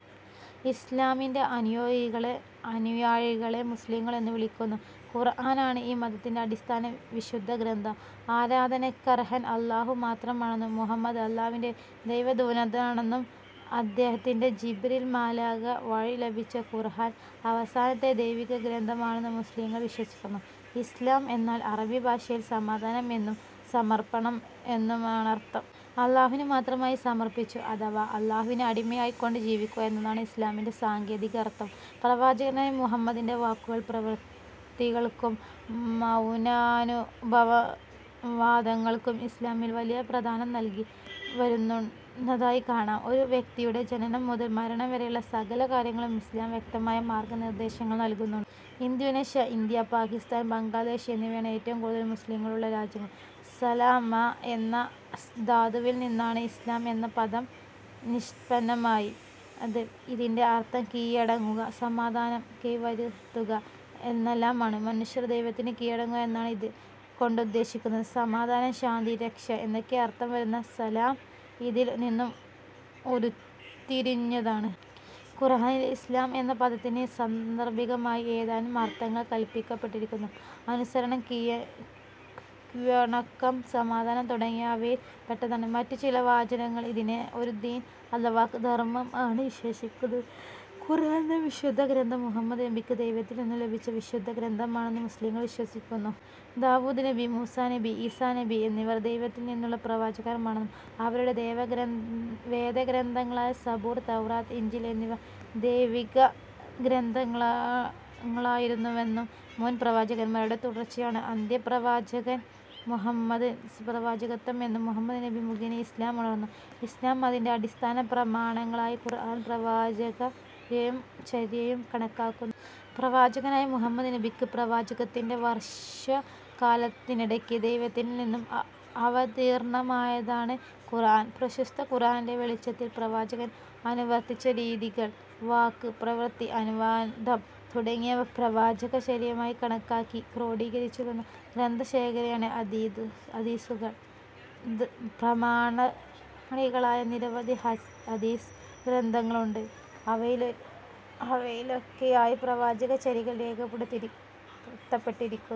ഇസ്ലാമിന്റെ അനുയായികളെ മുസ്ലിംകൾ എന്ന് വിളിക്കുന്നു. ഖുർആൻ ആണ് ഈ മതത്തിന്റെ അടിസ്ഥാന വിശുദ്ധഗ്രന്ഥം. ആരാധനക്കർഹൻ അല്ലാഹു മാത്രമാണെന്നും മുഹമ്മദ് അല്ലാഹുവിന്റെ ദൈവദൂതനാണെന്നും അദ്ദേഹത്തിന് ജിബ്രീൽ മാലാഖ വഴി ലഭിച്ച ഖുർആൻ അവസാനത്തെ ദൈവിക ഗ്രന്ഥം ആണെന്നും മുസ്ലിംകൾ വിശ്വസിക്കുന്നു. ഇസ്ലാം എന്നാൽ അറബി ഭാഷയിൽ സമാധാനം എന്നും സമർപ്പണം എന്നുമാണർത്ഥം. അല്ലാഹുവിന് മാത്രമായി സമർപ്പിച്ചു അഥവാ അല്ലാഹുവിന് അടിമയായി കൊണ്ട് ജീവിക്കുക എന്നതാണ് ഇസ്ലാമിന്റെ സാങ്കേതികാർത്ഥം. പ്രവാചകനായ മുഹമ്മദിന്റെ വാക്കുകൾക്കും പ്രവർത്തികൾക്കും മൗനാനുവാദങ്ങൾക്കും ഇസ്ലാമിൽ വലിയ പ്രാധാന്യം നൽകി വരുന്നതായി കാണാം. ഒരു വ്യക്തിയുടെ ജനനം മുതൽ മരണം വരെയുള്ള സകല കാര്യങ്ങളിലും ഇസ്ലാം വ്യക്തമായ മാർഗനിർദ്ദേശങ്ങൾ നൽകുന്നുണ്ട്. ഇന്തോനേഷ്യ, ഇന്ത്യ, പാകിസ്താൻ, ബംഗ്ലാദേശ് എന്നിവയാണു എറ്റവും കൂടുതൽ മുസ്ലിംകൾ ഉള്ള രാജ്യങ്ങൾ. സ, ല, മ എന്ന ധാതുവിൽ നിന്നാണ് ഇസ്ലാം എന്ന പദം നിഷ്പന്നമായത്. ഇതിന്റെ അർത്ഥം കീഴടങ്ങുക, സമാധാനം കൈവരുത്തുക എന്നെല്ലാമാണ്. മനുഷ്യൻ ദൈവത്തിന് കീഴടങ്ങുക എന്നാണ് ഇത് കൊണ്ടുദ്ദേശിക്കുന്നത്. സമാധാനം, ശാന്തി, രക്ഷ എന്നൊക്ക അർത്ഥം വരുന്ന 'സലാം' ഇതിൽ നിന്ന് ഉരുത്തിരിഞ്ഞതാണ്. ഖുർആനിൽ 'ഇസ്ലാം' എന്ന പദത്തിന് സന്ദർഭികമായി ഏതാനും അർത്ഥങ്ങൾ കൽപ്പിക്കപ്പെട്ടിരിക്കുന്നു. അനുസരണം, കീഴ്വണക്കം, സമാധാനം തുടങ്ങിയവ അവയിൽ പെട്ടതാണ്. മറ്റു ചില വചനങ്ങളിൽ ഇതിനെ ഒരു 'ദീൻ' അഥവാ ധർമ്മം ആയാണ് വിശേഷിപ്പിക്കുന്നത്. ഖുർആൻ എന്ന വിശുദ്ധ ഗ്രന്ഥം മുഹമ്മദ് നബിക്ക് ദൈവത്തിൽ നിന്നും ലഭിച്ച വിശുദ്ധഗ്രന്ഥമാണെന്ന് മുസ്ലിംകൾ വിശ്വസിക്കുന്നു. ദാവൂദ് നബി, മൂസ നബി, ഈസ നബി എന്നിവർ ദൈവത്തിൽ നിന്നുള്ള പ്രവാചകരാണെന്നും അവരുടെ വേദഗ്രന്ഥങ്ങളായ സബൂർ, തൌറാത്ത്, ഇഞ്ചീൽ എന്നിവ ദൈവികഗ്രന്ഥങ്ങളായിരുന്നുവെന്നും, മുൻ പ്രവാചകന്മാരുടെ തുടർച്ചയായാണ് അന്ത്യപ്രവാചകൻ മുഹമ്മദിന്റെ പ്രവാചകത്വം എന്നും മുഹമ്മദ് നബി മുഖേന ഇസ്ലാം ഉണർത്തുന്നു. ഇസ്ലാം അതിന്റെ അടിസ്ഥാന പ്രമാണങ്ങളായി ഖുർആനും പ്രവാചകചര്യയും കണക്കാക്കുന്നു. പ്രവാചകനായ മുഹമ്മദ് നബിക്ക് പ്രവാചകത്വത്തിന്റെ വർഷക്കാലത്തിനിടക്ക് ദൈവത്തിൽ നിന്ന് അവതീർണ്ണമായതാണ് ഖുർആൻ. പ്രസ്തുത ഖുർആനിന്റെ വെളിച്ചത്തിൽ പ്രവാചകൻ അനുവർത്തിച്ച രീതികൾ, വാക്ക്, പ്രവൃത്തി, അനുവാദം തുടങ്ങിയവ പ്രവാചകചര്യയായി കണക്കാക്കി ക്രോഡീകരിച്ചിരിക്കുന്ന ഗ്രന്ഥ ശേഖരമാണ് ഹദീഥുകൾ. പ്രാമാണികമായ നിരവധി ഹദീഥ് ഗ്രന്ഥങ്ങളുണ്ട്. അവയിലൊക്കെയായി പ്രവാചക ചര്യകൾ രേഖപ്പെടുത്തപ്പെട്ടിരിക്കുന്നു.